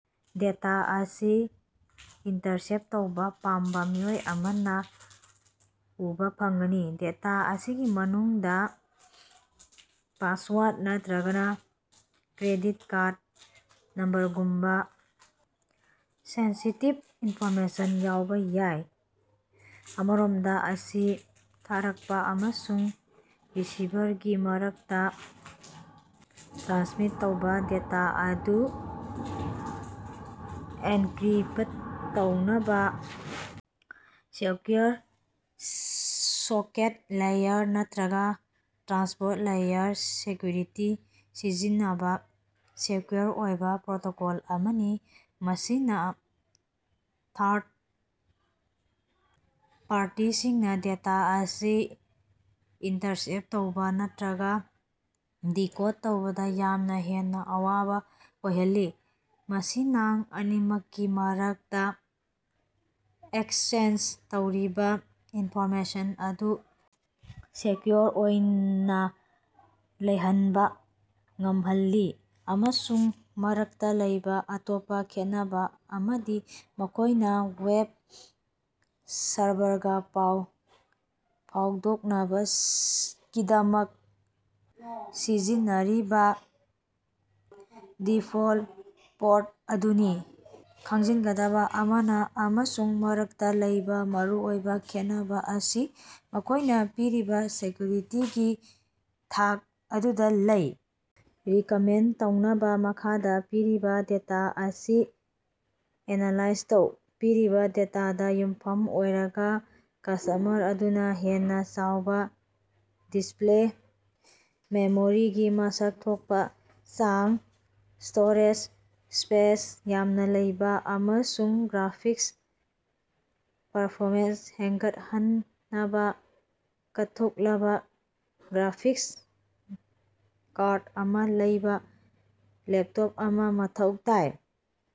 Data ꯑꯁꯤ intercept ꯇꯧꯕ ꯄꯥꯝꯕ ꯃꯤꯑꯣꯏ ꯑꯃꯅ ꯎꯕꯥ ꯐꯪꯒꯅꯤ꯫ ꯗꯦꯇꯥ ꯑꯁꯤꯒꯤ ꯃꯅꯨꯡꯗ ꯄꯥꯁꯋꯥꯔꯗ ꯅꯠꯇꯔꯒ ꯀ꯭ꯔꯦꯗꯤꯠ ꯀꯥꯔꯗ ꯅꯝꯕꯔꯒꯨꯝꯕ ꯁꯦꯟꯁꯤꯇꯤꯚ ꯏꯟꯐꯣꯔꯃꯦꯁꯟ ꯌꯥꯎꯕ ꯌꯥꯏ꯫ ꯑꯃꯔꯣꯝꯗ, ꯑꯁꯤ ꯊꯥꯔꯛꯄ ꯑꯃꯁꯨꯡ ꯔꯤꯁꯤꯚꯔꯒꯤ ꯃꯔꯛꯇ ꯇ꯭ꯔꯥꯟꯁꯃꯤꯠ ꯇꯧꯕ ꯗꯦꯇꯥ ꯑꯗꯨ ꯑꯦꯟꯀ꯭ꯔꯤꯞꯇ ꯇꯧꯅꯕ ꯁꯦꯀ꯭ꯌꯨꯑꯣꯔ ꯁꯣꯀꯦꯠ ꯂꯦꯌꯔ ꯅꯠꯇꯔꯒ ꯇ꯭ꯔꯥꯟꯁꯄꯣꯔꯠ ꯂꯦꯌꯔ ꯁꯦꯀ꯭ꯌꯨꯔꯤꯇꯤ ꯁꯤꯖꯤꯟꯅꯕ ꯁꯦꯀ꯭ꯌꯨꯔ ꯑꯣꯏꯕ ꯄ꯭ꯔꯣꯇꯣꯀꯣꯜ ꯑꯃꯅꯤ꯫ ꯃꯁꯤꯅ ꯊꯥ꯭ꯔꯗ ꯄꯥꯔꯇꯤꯁꯤꯡꯅ ꯗꯦꯇꯥ ꯑꯁꯤ ꯏꯟꯇꯔꯁꯦꯞ ꯇꯧꯕ ꯅꯠꯇꯔꯒ ꯗꯤꯀꯣꯗ ꯇꯧꯕꯗ ꯌꯥꯝꯅ ꯍꯦꯟꯅ ꯑꯋꯥꯕ ꯑꯣꯏꯍꯜꯂꯤ, ꯃꯁꯤꯅꯥꯡ ꯑꯅꯤꯃꯛꯀꯤ ꯃꯔꯛꯇ ꯑꯦꯛꯁꯆꯦꯟꯖ ꯇꯧꯔꯤꯕ ꯏꯟꯐꯣꯔꯃꯦꯁꯟ ꯑꯗꯨ ꯁꯦꯀ꯭ꯌꯨꯑꯣꯔ ꯑꯣꯏꯅ ꯂꯩꯍꯟꯕ ꯉꯝꯍꯜꯂꯤ꯫ ꯑꯃꯁꯨꯡ ꯃꯔꯛꯇ ꯂꯩꯕ ꯑꯇꯣꯞꯄ ꯈꯦꯠꯅꯕꯥ ꯑꯃꯗꯤ ꯃꯈꯣꯏꯅ ꯋꯦꯕ ꯁꯔꯚꯔꯒꯥ ꯄꯥꯎ ꯐꯥꯎꯗꯣꯛꯅꯕꯒꯤꯗꯃꯛ ꯁꯤꯖꯤꯟꯅꯔꯤꯕ ꯗꯤꯐꯣꯜꯇ ꯄꯣꯔꯠ ꯑꯗꯨꯅꯤ꯫ ꯈꯪꯖꯤꯟꯒꯗꯕ ꯑꯃꯅ, ꯑꯃꯁꯨꯡ ꯃꯔꯛꯇ ꯂꯩꯕ ꯃꯔꯨꯑꯣꯏꯕ ꯈꯦꯠꯅꯕꯥ ꯑꯁꯤ ꯃꯈꯣꯏꯅ ꯄꯤꯔꯤꯕ ꯁꯦꯀ꯭ꯌꯨꯔꯤꯇꯤꯒꯤ ꯊꯥꯛ ꯑꯗꯨꯗ ꯂꯩ ꯔꯤꯀꯃꯦꯟꯗ ꯇꯧꯅꯕꯥ ꯃꯈꯥꯗ ꯄꯤꯔꯤꯕ ꯗꯦꯇꯥ ꯑꯁꯤ ꯑꯦꯅꯥꯂꯥꯏꯖ ꯇꯧ꯫ ꯄꯤꯔꯤꯕ ꯗꯦꯇꯥꯗ ꯌꯨꯝꯐꯝ ꯑꯣꯏꯔꯒ ꯀꯁ꯭ꯇꯃꯔ ꯑꯗꯨꯅ ꯍꯦꯟꯅ ꯆꯥꯎꯕ ꯗꯤꯁꯄ꯭ꯂꯦ, ꯃꯦꯃꯣꯔꯤꯒꯤ ꯃꯁꯛ ꯊꯣꯛꯄ ꯆꯥꯡ, ꯁ꯭ꯇꯣꯔꯦꯖ ꯁ꯭ꯄꯦꯁ ꯌꯥꯝꯅ ꯂꯩꯕ, ꯑꯃꯁꯨꯡ ꯒ꯭ꯔꯥꯐꯤꯛꯁ ꯄꯔꯐꯣꯃꯦꯟꯁ ꯍꯦꯟꯒꯠꯍꯟꯅꯕꯥ ꯀꯠꯊꯣꯛꯂꯕꯥ ꯒ꯭ꯔꯥꯐꯤꯛꯁ ꯀꯥꯔꯗ ꯑꯃ ꯂꯩꯕ ꯂꯦꯞꯇꯣꯞ ꯑꯃ ꯃꯊꯧ ꯇꯥꯏ꯫